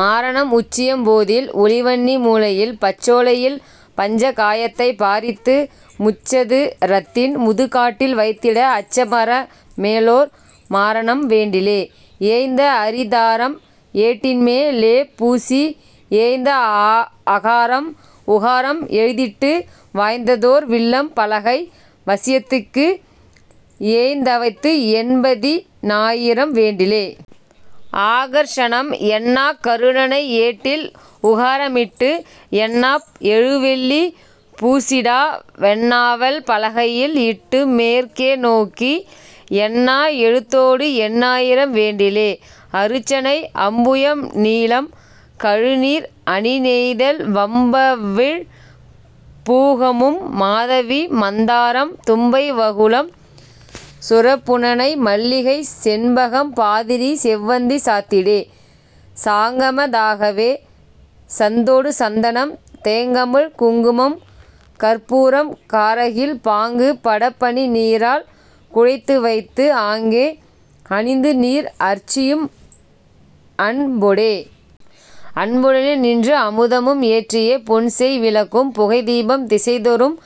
மாரணம் உச்சியம் போதில் ஒளிவன்னி மூலையில் பச்சோலை யில் பஞ்ச காயத்தைப் பாரித்து முச்சது ரத்தின் முதுகாட்டில் வைத்திட அச்சமற மேலோர் மாரணம் வேண்டிலே. ஏய்ந்த அரிதாரம் ஏட்டின்மே லேபூசி ஏய்ந்த அகாரம் உகாரம் எழுத்திட்டு வாய்ந்ததோர் வில்லம் பலகை வசியத்துக்கு ஏய்ந்தவைத்து எண்பதி னாயிரம் வேண்டிலே.. ஆகர்ஷணம் எண்ணாக் கருடனை ஏட்டில் உகாரமிட்டு எண்ணாப் எழுவெள்ளி பூசிடா வெண்ணாவல் பலகையில் இட்டுமேற் கேநோக்கி எண்ணா எழுத்தோடுஎண்ணாயிரம் வேண்டிலே.. அருச்சனை அம்புயம் நீலம் கழுநீர் அணிநெய்தல் வம்பவிழ் பூகமும் மாதவி மந்தாரம் தும்பை வகுளம் சுரபுனனை மல்லிகை செண்பகம் பாதிரி செவ்வந்தி சாத்திடே. சாங்கம தாகவே சந்தொடு சந்தனம் தேங்கமழ் குங்குமம் கர்ப்பூரம் காரகில் பாங்கு படப்பனி நீரால் குழைத்துவைத்து ஆங்கே அணிந்துநீர் அர்ச்சியும் அன்பொடே. அன்புடனே நின்று அமுதமும் ஏற்றியே பொன்செய் விளக்கும் புகைதீபம் திசைதொறும்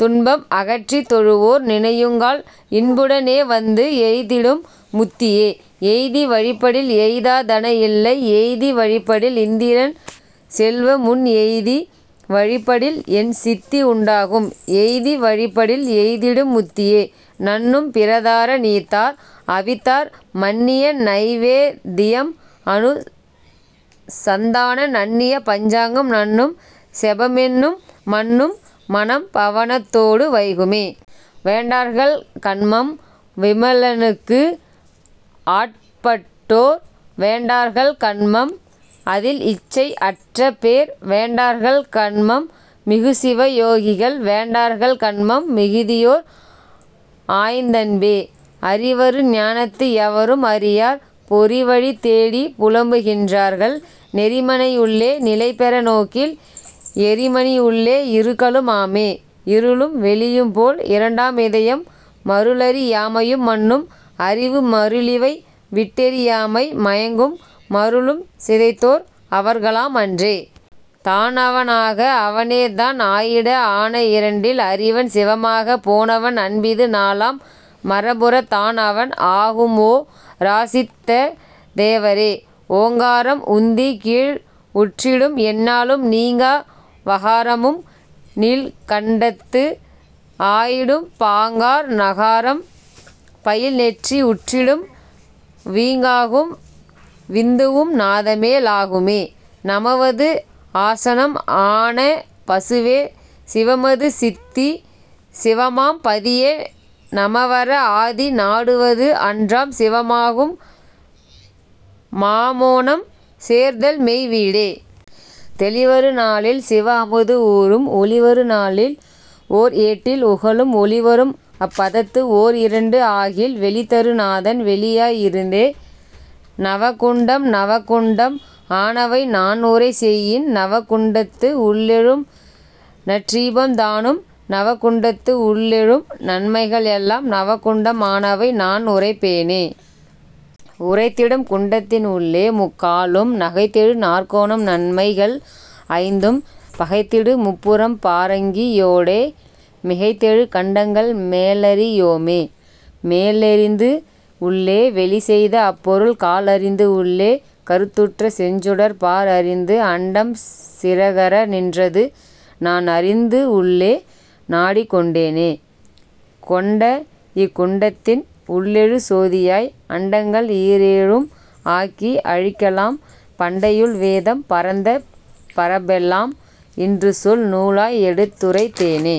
துன்பம் அகற்றித் தொழுவோர் நினையுங்கால் இன்புட னேவந்து எய்திடும் முத்தியே. எய்தி வழிப்படில் எய்தா தனஇல்லை எய்தி வழிப்படில் இந்திரன் செல்வமுன் எய்தி வழிப்படில் எண்சித்தி உண்டாகும் எய்தி வழிப்படில் எய்திடும் முத்தியே. நண்ணும் பிறதார நீத்தார் அவித்தார் மண்ணிய நைவேத் தியம்அனு சந்தான நண்ணிய பஞ்சாங்கம் நண்ணும் செபமென்னும் மன்னும் மனம்பவ னத்தோடு வைகுமே. வேண்டார்கள் கன்மம் விமலனுக்கு ஆட்பட்டோ ர் வேண்டார்கள் கன்மம் அதில்இச்சை அற்றபேர் வேண்டார்கள் கன்மம் மிகுசிவ யோகிகள் வேண்டார்கள் கன்மம் மிகுதியோர் ஆய்ந்தன்பே. அறிவரு ஞானத்து எவரும் அறியார் பொறிவழி தேடிப் புலம்புகின்றார்கள் நெறிமனை யுள்ளே நிலைபெற நோக்கில் எறிமணி யுள்ளே இருக்கலும் ஆமே. இருளும் வெளியும்போல் இரண்டாம் இதயம் மருளறி யாமையும் மன்னும் அறிவு மருளிவை விட்டெறி யாமை மயங்கும் மருளும் சிதைத்தோர் அவர்களாம் அன்றே. தான்அவ னாக அவனேதான் ஆயிட ஆன இரண்டில் அறிவன் சிவமாகப் போனவன் அன்பிது நாலாம் மரபுறத் தான்அவன் ஆகும்ஓ ராசித்த தேவரே. ஓங்காரம் உந்திக்கீழ் உற்றிடும் எந்நாளும் நீங்கா வகாரமும் நீள்கண்டத்து ஆயிடும் பாங்கார் நகாரம் பயில்நெற்றி உற்றிடும் வீங்காகும் விந்துவும் நாதமே லாகுமே. நமவது ஆசனம் ஆன பசுவே சிவமது சித்திச் சிவமாம் பதியே நமவற ஆதி நாடுவது அன்றாம் சிவமாகும் மாமோனம் சேர்தல்மெய் வீடே. தெளிவரு நாளில் சிவஅமுது ஊறும் ஒளிவரு நாளில் ஓர்ஏட்டில் உகளும் ஒளிவரும் அப்பதத்து ஓர் இரண்டு ஆகில் வெளிதரு நாதன் வெளியாய் இருந்தே.. நவகுண்டம் நவகுண்டம் ஆனவை நான்உரை செய்யின் நவகுண்டத்து உள்ளெழும் நற்றீபம் தானும் நவகுண்டத்து உள்ளெழும் நன்மைகள் எல்லாம் நவகுண்டம் ஆனவை நான்உரைப் பேனே. உரைத்திடும் குண்டத்தின் உள்ளே முக்காலும் நகைத்தெழு நாற்கோணம் நன்மை கள்ஐந்தும் பகைத்திடு முப்புரம் பாரங்கி யோடே மிகைத்தெழு கண்டங்கள் மேலறி யோமே. மேலெறிந்து உள்ளே வெளிசெய்த அப்பொருள் கால்அறிந்து உள்ளே கருத்துற்ற செஞ்சுடர் பார்அறிந்து அண்டம் சிறகற நின்றது நான்அறிந்து உள்ளே நாடிக்கொண் டேனே. கொண்டஇக் குண்டத்தின் உள்ளெழு சோதியாய் அண்டங்கள் ஈரேழும் ஆக்கி அழிக்கலாம் பண்டையுள் வேதம் பரந்த பரப்பெலாம் இன்றுசொல் நூலாய் எடுத்துரைத் தேனே.